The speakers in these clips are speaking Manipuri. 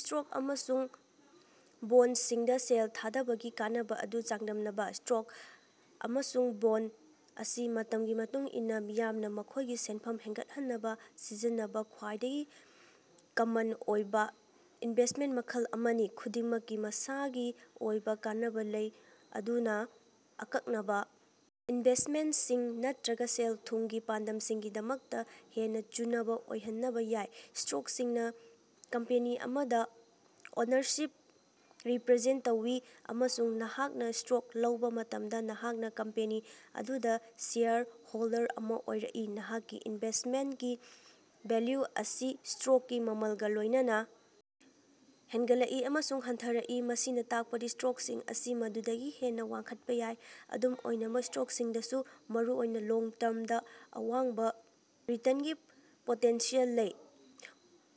ꯁ꯭ꯇꯣꯛ ꯑꯃꯁꯨꯡ ꯕꯣꯟꯗꯁꯤꯡꯗꯥ ꯁꯦꯜ ꯊꯥꯗꯕꯒꯤ ꯀꯥꯟꯅꯕꯥ ꯑꯗꯨ ꯆꯥꯡꯗꯝꯅꯕꯥ꯫ ꯁ꯭ꯇꯣꯛ ꯑꯃꯁꯨꯡ ꯕꯣꯟꯗ ꯑꯁꯤ ꯃꯇꯝꯒꯤ ꯃꯇꯨꯡ ꯏꯟꯅꯥ ꯃꯤꯌꯥꯝꯅꯥ ꯃꯈꯣꯏꯒꯤ ꯁꯦꯟꯐꯝ ꯍꯦꯟꯒꯠꯍꯟꯅꯕꯥ ꯁꯤꯖꯤꯟꯅꯕꯥ ꯈ꯭ꯋꯥꯏꯗꯒꯤ ꯀꯃꯟ ꯑꯣꯏꯕꯥ ꯏꯟꯚꯦꯁ꯭ꯇꯃꯦꯟꯇ ꯃꯈꯜ ꯑꯅꯤꯅꯤ꯫ ꯈꯨꯗꯤꯡꯃꯛꯀꯤ ꯃꯁꯥꯒꯤ ꯑꯣꯏꯕꯥ ꯀꯥꯟꯅꯕꯥ ꯂꯩ ꯃꯗꯨꯅꯥ ꯑꯀꯛꯅꯕꯥ ꯏꯟꯚꯦꯁ꯭ꯇꯔꯁꯤꯡ ꯅꯠꯇꯔꯒꯥ ꯁꯦꯜ-ꯊꯨꯝꯒꯤ ꯄꯥꯟꯗꯝꯁꯤꯡꯒꯤꯗꯃꯛꯇꯥ ꯍꯦꯟꯅꯥ ꯆꯨꯅꯕꯥ ꯑꯣꯏꯍꯟꯅꯕꯥ ꯌꯥꯏ꯫ ꯁ꯭ꯇꯣꯛꯁꯤꯡꯅꯥ ꯀꯝꯄꯦꯅꯤ ꯑꯃꯗꯥ ꯑꯣꯅꯔꯁꯤꯞ ꯔꯤꯄ꯭ꯔꯥꯖꯦꯟꯇ ꯇꯧꯏ, ꯑꯃꯁꯨꯡ ꯅꯍꯥꯛꯅꯥ ꯁ꯭ꯇꯣꯛ ꯂꯧꯕꯥ ꯃꯇꯝꯗꯥ ꯅꯍꯥꯛꯅꯥ ꯀꯝꯄꯦꯅꯤ ꯑꯗꯨꯗꯥ ꯁꯦꯌꯔ ꯍꯣꯜꯗꯔ ꯑꯃꯥ ꯑꯣꯏꯔꯛꯏ꯫ ꯅꯍꯥꯛꯀꯤ ꯏꯟꯚꯦꯁ꯭ꯇꯃꯦꯟꯇꯀꯤ ꯚꯦꯜꯌꯨ ꯑꯁꯤ ꯁ꯭ꯇꯣꯛꯀꯤ ꯃꯃꯜꯒꯥ ꯂꯣꯏꯅꯅꯥ ꯍꯦꯟꯒꯠꯂꯛꯏ ꯑꯃꯁꯨꯡ ꯍꯟꯊꯔꯛꯏ, ꯃꯁꯤꯅꯥ ꯇꯥꯛꯄꯗꯤ ꯁ꯭ꯇꯣꯛꯁꯤꯡ ꯑꯁꯤ ꯃꯗꯨꯗꯒꯤ ꯍꯦꯟꯅꯥ ꯋꯥꯡꯈꯠꯄꯥ ꯌꯥꯏ꯫ ꯑꯗꯨꯝ ꯑꯣꯏꯅꯃꯛ, ꯁ꯭ꯇꯣꯛꯁꯤꯡꯗꯁꯨ ꯃꯔꯨꯑꯣꯏꯅꯥ ꯂꯣꯡ ꯇꯔꯝꯗꯥ ꯑꯋꯥꯡꯕꯥ ꯔꯤꯇꯔꯟꯀꯤ ꯄꯣꯇꯦꯟꯁꯤꯌꯦꯜ ꯂꯩ꯫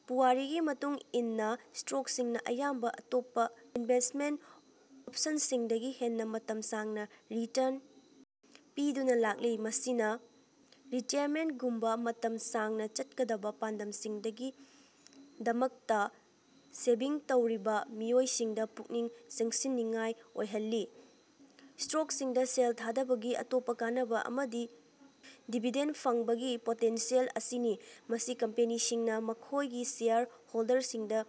ꯄꯨꯋꯥꯔꯤꯒꯤ ꯃꯇꯨꯡ ꯏꯟꯅꯥ, ꯁ꯭ꯇꯣꯛꯁꯤꯡꯅꯥ ꯑꯌꯥꯝꯕꯥ ꯑꯇꯣꯞꯄꯥ ꯏꯟꯚꯦꯁ꯭ꯇꯃꯦꯟꯇ ꯑꯣꯄꯁꯟꯁꯤꯡꯗꯒꯤ ꯍꯦꯟꯅꯥ ꯃꯇꯝ ꯁꯥꯡꯅꯥ ꯔꯤꯇꯔꯟ ꯄꯤꯗꯨꯅꯥ ꯂꯥꯛꯂꯤ, ꯃꯁꯤꯅꯥ ꯔꯤꯇꯥꯌꯔꯃꯦꯟ꯭ꯇꯒꯨꯝꯕꯥ ꯃꯇꯝ ꯁꯥꯡꯅꯥ ꯆꯠꯀꯗꯕꯥ ꯄꯥꯟꯗꯝꯁꯤꯡꯒꯤꯗꯃꯛꯇꯥ ꯁꯦꯚꯤꯡ ꯇꯧꯔꯤꯕꯥ ꯃꯤꯑꯣꯏꯁꯤꯡꯗꯥ ꯄꯨꯛꯅꯤꯡ ꯆꯤꯡꯁꯤꯟꯅꯤꯡꯉꯥꯏ ꯑꯣꯏꯍꯜꯂꯤ꯫ ꯁ꯭ꯇꯣꯛꯁꯤꯡꯗꯥ ꯁꯦꯜ ꯊꯥꯗꯕꯒꯤ ꯑꯇꯣꯞꯄꯥ ꯀꯥꯟꯅꯕꯥ ꯑꯃꯗꯤ ꯗꯤꯕꯤꯗꯦꯟꯗ ꯐꯪꯕꯒꯤ ꯄꯣꯇꯦꯟꯁꯤꯌꯦꯜ ꯑꯁꯤꯅꯤ, ꯃꯁꯤ ꯀꯝꯄꯦꯅꯤꯁꯤꯡꯅꯥ ꯃꯈꯣꯏꯒꯤ ꯁꯦꯌꯔ ꯍꯣꯜꯗꯔꯁꯤꯡꯗꯥ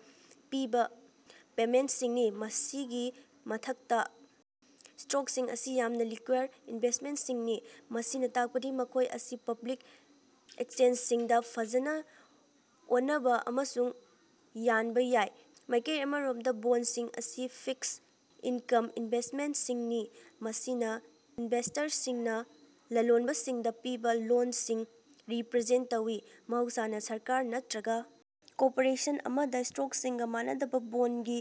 ꯄꯤꯕꯥ ꯄꯦꯃꯦꯟꯇꯁꯤꯡꯅꯤ꯫ ꯃꯁꯤꯒꯤ ꯃꯊꯛꯇꯥ, ꯁ꯭ꯇꯣꯛꯁꯤꯡ ꯑꯁꯤ ꯌꯥꯝꯅꯥ ꯂꯤꯛꯀ꯭ꯌꯨꯗ ꯏꯟꯚꯦꯁ꯭ꯇꯃꯦꯟꯇꯁꯤꯡꯅꯤ, ꯃꯁꯤꯅꯥ ꯇꯥꯛꯄꯗꯤ ꯃꯈꯣꯏ ꯑꯁꯤ ꯄꯕ꯭ꯂꯤꯛ ꯑꯦꯛꯆꯦꯟꯖꯁꯤꯡꯗꯥ ꯐꯖꯅꯥ ꯑꯣꯅꯕꯥ ꯑꯃꯁꯨꯡ ꯌꯟꯕꯥ ꯌꯥꯏ꯫ ꯃꯥꯏꯀꯩ ꯑꯃꯔꯣꯝꯗꯥ, ꯕꯣꯟꯗꯁꯤꯡ ꯑꯁꯤ ꯐꯤꯛꯁ ꯏꯅꯀꯝ ꯏꯟꯚꯦꯁ꯭ꯇꯃꯦꯟꯇꯁꯤꯡꯅꯤ, ꯃꯁꯤꯅꯥ ꯏꯟꯚꯦꯁ꯭ꯇꯔꯁꯤꯡꯅꯥ ꯂꯂꯣꯟꯕꯁꯤꯡꯗꯥ ꯄꯤꯕꯥ ꯂꯣꯟꯁꯤꯡ ꯔꯤꯞꯔꯖꯦꯟꯇ ꯇꯧꯏ, ꯃꯍꯧꯁꯥꯅꯥ ꯁꯔꯀꯥꯔ ꯅꯠꯇꯔꯒꯥ ꯀꯣꯔꯄꯣꯔꯦꯁꯟ ꯑꯃꯗꯥ꯫ ꯁ꯭ꯇꯣꯛꯁꯤꯡꯒꯥ ꯃꯥꯟꯅꯗꯅꯥ, ꯕꯣꯟꯗꯒꯤ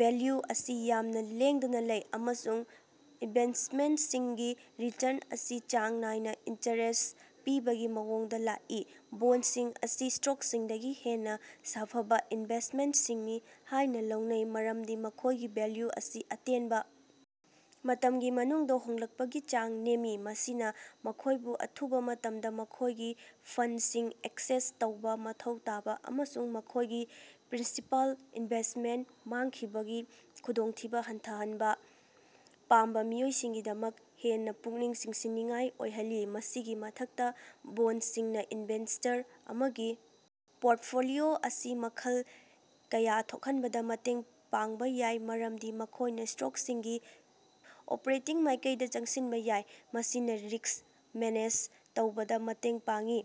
ꯚꯦꯜꯌꯨ ꯑꯁꯤ ꯌꯥꯝꯅꯥ ꯂꯦꯡꯗꯅꯥ ꯂꯩ, ꯑꯃꯁꯨꯡ ꯏꯟꯚꯦꯁ꯭ꯇꯃꯦꯟꯇꯀꯤ ꯔꯤꯇꯔꯟ ꯑꯁꯤ ꯆꯥꯡ ꯅꯥꯏꯅꯥ ꯏꯟꯇꯔꯦꯁ ꯄꯤꯕꯒꯤ ꯃꯑꯣꯡꯗꯥ ꯂꯥꯛꯏ꯫ ꯕꯣꯟꯗꯁꯤꯡ ꯑꯁꯤ ꯁ꯭ꯇꯣꯛꯁꯤꯡꯗꯒꯤ ꯍꯦꯟꯅꯥ ꯁꯥꯐꯕꯥ ꯏꯟꯚꯦꯁ꯭ꯇꯃꯦꯟꯇꯁꯤꯡꯅꯤ ꯍꯥꯏꯅꯥ ꯂꯧꯅꯩ ꯃꯔꯝꯗꯤ ꯃꯈꯣꯏꯒꯤ ꯚꯦꯜꯌꯨ ꯑꯁꯤ ꯑꯇꯦꯟꯕꯥ ꯃꯇꯝꯒꯤ ꯃꯅꯨꯡꯗꯥ ꯍꯣꯡꯂꯛꯄꯒꯤ ꯆꯥꯡ ꯅꯦꯝꯃꯤ꯫ ꯃꯁꯤꯅꯥ ꯃꯈꯣꯏꯕꯨ ꯑꯊꯨꯕꯥ ꯃꯇꯝꯗꯥ ꯃꯈꯣꯏꯒꯤ ꯐꯟꯗꯁꯤꯡ ꯑꯦꯛꯁꯦꯁ ꯇꯧꯕꯥ ꯃꯊꯧ ꯇꯥꯕꯥ ꯑꯃꯁꯨꯡ ꯃꯈꯣꯏꯒꯤ ꯄ꯭ꯔꯤꯟꯁꯤꯄꯥꯜ ꯏꯟꯚꯦꯁ꯭ꯇꯃꯦꯟꯇ ꯃꯥꯡꯈꯤꯕꯒꯤ ꯈꯨꯗꯣꯡꯊꯤꯕꯥ ꯍꯟꯊꯍꯟꯕꯥ ꯄꯥꯝꯕꯥ ꯃꯤꯑꯣꯏꯁꯤꯡꯒꯤꯗꯃꯛ ꯍꯦꯟꯅꯥ ꯄꯨꯛꯅꯤꯡ ꯆꯤꯡꯁꯤꯟꯅꯤꯡꯉꯥꯏ ꯑꯣꯏꯍꯜꯂꯤ꯫ ꯃꯁꯤꯒꯤ ꯃꯊꯛꯇꯥ, ꯕꯣꯟꯗꯁꯤꯡꯅꯥ ꯏꯟꯚꯦꯁ꯭ꯇꯔ ꯑꯃꯒꯤ ꯄꯣꯔꯇꯐꯣꯂꯤꯑꯣ ꯑꯁꯤ ꯃꯈꯜ ꯀꯌꯥ ꯊꯣꯛꯍꯟꯕꯗꯥ ꯃꯇꯦꯡ ꯄꯥꯡꯕꯥ ꯌꯥꯏ, ꯃꯔꯝꯗꯤ ꯃꯈꯣꯏꯅꯥ ꯁ꯭ꯇꯣꯛꯁꯤꯡꯒꯤ ꯑꯣꯄꯔꯦꯇꯤꯡ ꯃꯥꯏꯀꯩꯗꯥ ꯆꯪꯁꯤꯟꯕꯥ ꯌꯥꯏ, ꯃꯁꯤꯅꯥ ꯔꯤꯁ꯭ꯛ ꯃꯦꯅꯦꯖ ꯇꯧꯕꯗꯥ ꯃꯇꯦꯡ ꯄꯥꯡꯏ꯫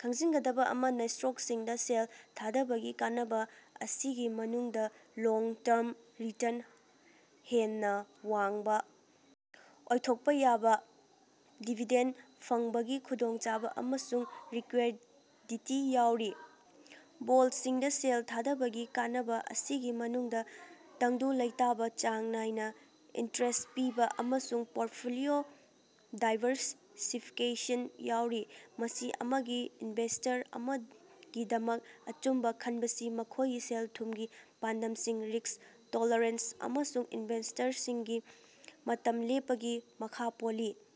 ꯈꯪꯖꯤꯒꯗꯕꯥ ꯑꯃꯅꯥ, ꯁ꯭ꯇꯣꯛꯁꯤꯡꯗꯥ ꯁꯦꯜ ꯊꯥꯗꯕꯒꯤ ꯀꯥꯟꯅꯕꯥ ꯑꯁꯤꯒꯤ ꯃꯅꯨꯡꯗꯥ ꯂꯣꯡ-ꯇꯔꯝ ꯔꯤꯇꯔꯟ ꯍꯦꯟꯅꯥ ꯋꯥꯡꯕꯥ ꯑꯣꯏꯊꯣꯛꯄꯥ ꯌꯥꯕꯥ, ꯗꯤꯕꯤꯗꯦꯟꯗ ꯐꯪꯕꯒꯤ ꯈꯨꯗꯣꯡꯆꯥꯕꯥ, ꯑꯃꯁꯨꯡ ꯂꯤꯛꯀ꯭ꯌꯨꯗꯤꯇꯤ ꯌꯥꯎꯔꯤ꯫ ꯕꯣꯟꯗꯁꯤꯡꯗꯥ ꯁꯦꯜ ꯊꯥꯗꯕꯒꯤ ꯀꯥꯟꯅꯕꯥ ꯑꯁꯤꯒꯤ ꯃꯅꯨꯡꯗꯥ ꯇꯪꯗꯨ ꯂꯩꯇꯥꯕꯥ, ꯆꯥꯡ ꯅꯥꯏꯅꯥ ꯏꯟꯇꯔꯦꯁ ꯄꯤꯕꯥ, ꯑꯃꯁꯨꯡ ꯄꯣꯔꯇꯐꯣꯂꯤꯑꯣ ꯗꯥꯏꯕꯔꯁꯤꯐꯤꯀꯦꯁꯟ ꯌꯥꯎꯔꯤ꯫ ꯃꯤꯑꯣꯏ ꯑꯃꯒꯤ ꯏꯟꯚꯦꯁ꯭ꯇꯔ ꯑꯃꯒꯤꯗꯃꯛ ꯑꯆꯨꯝꯕꯥ ꯈꯟꯕꯁꯤ ꯃꯈꯣꯏꯒꯤ ꯁꯦꯜ-ꯊꯨꯝꯒꯤ ꯄꯥꯟꯗꯝꯁꯤꯡ, ꯔꯤꯁ꯭ꯛ ꯇꯣꯂꯔꯦꯟꯁ, ꯑꯃꯁꯨꯡ ꯏꯟꯚꯦꯁ꯭ꯇꯃꯦꯟꯇꯀꯤ ꯃꯇꯝ ꯂꯦꯞꯄꯒꯤ ꯃꯈꯥ ꯄꯣꯜꯂꯤ꯫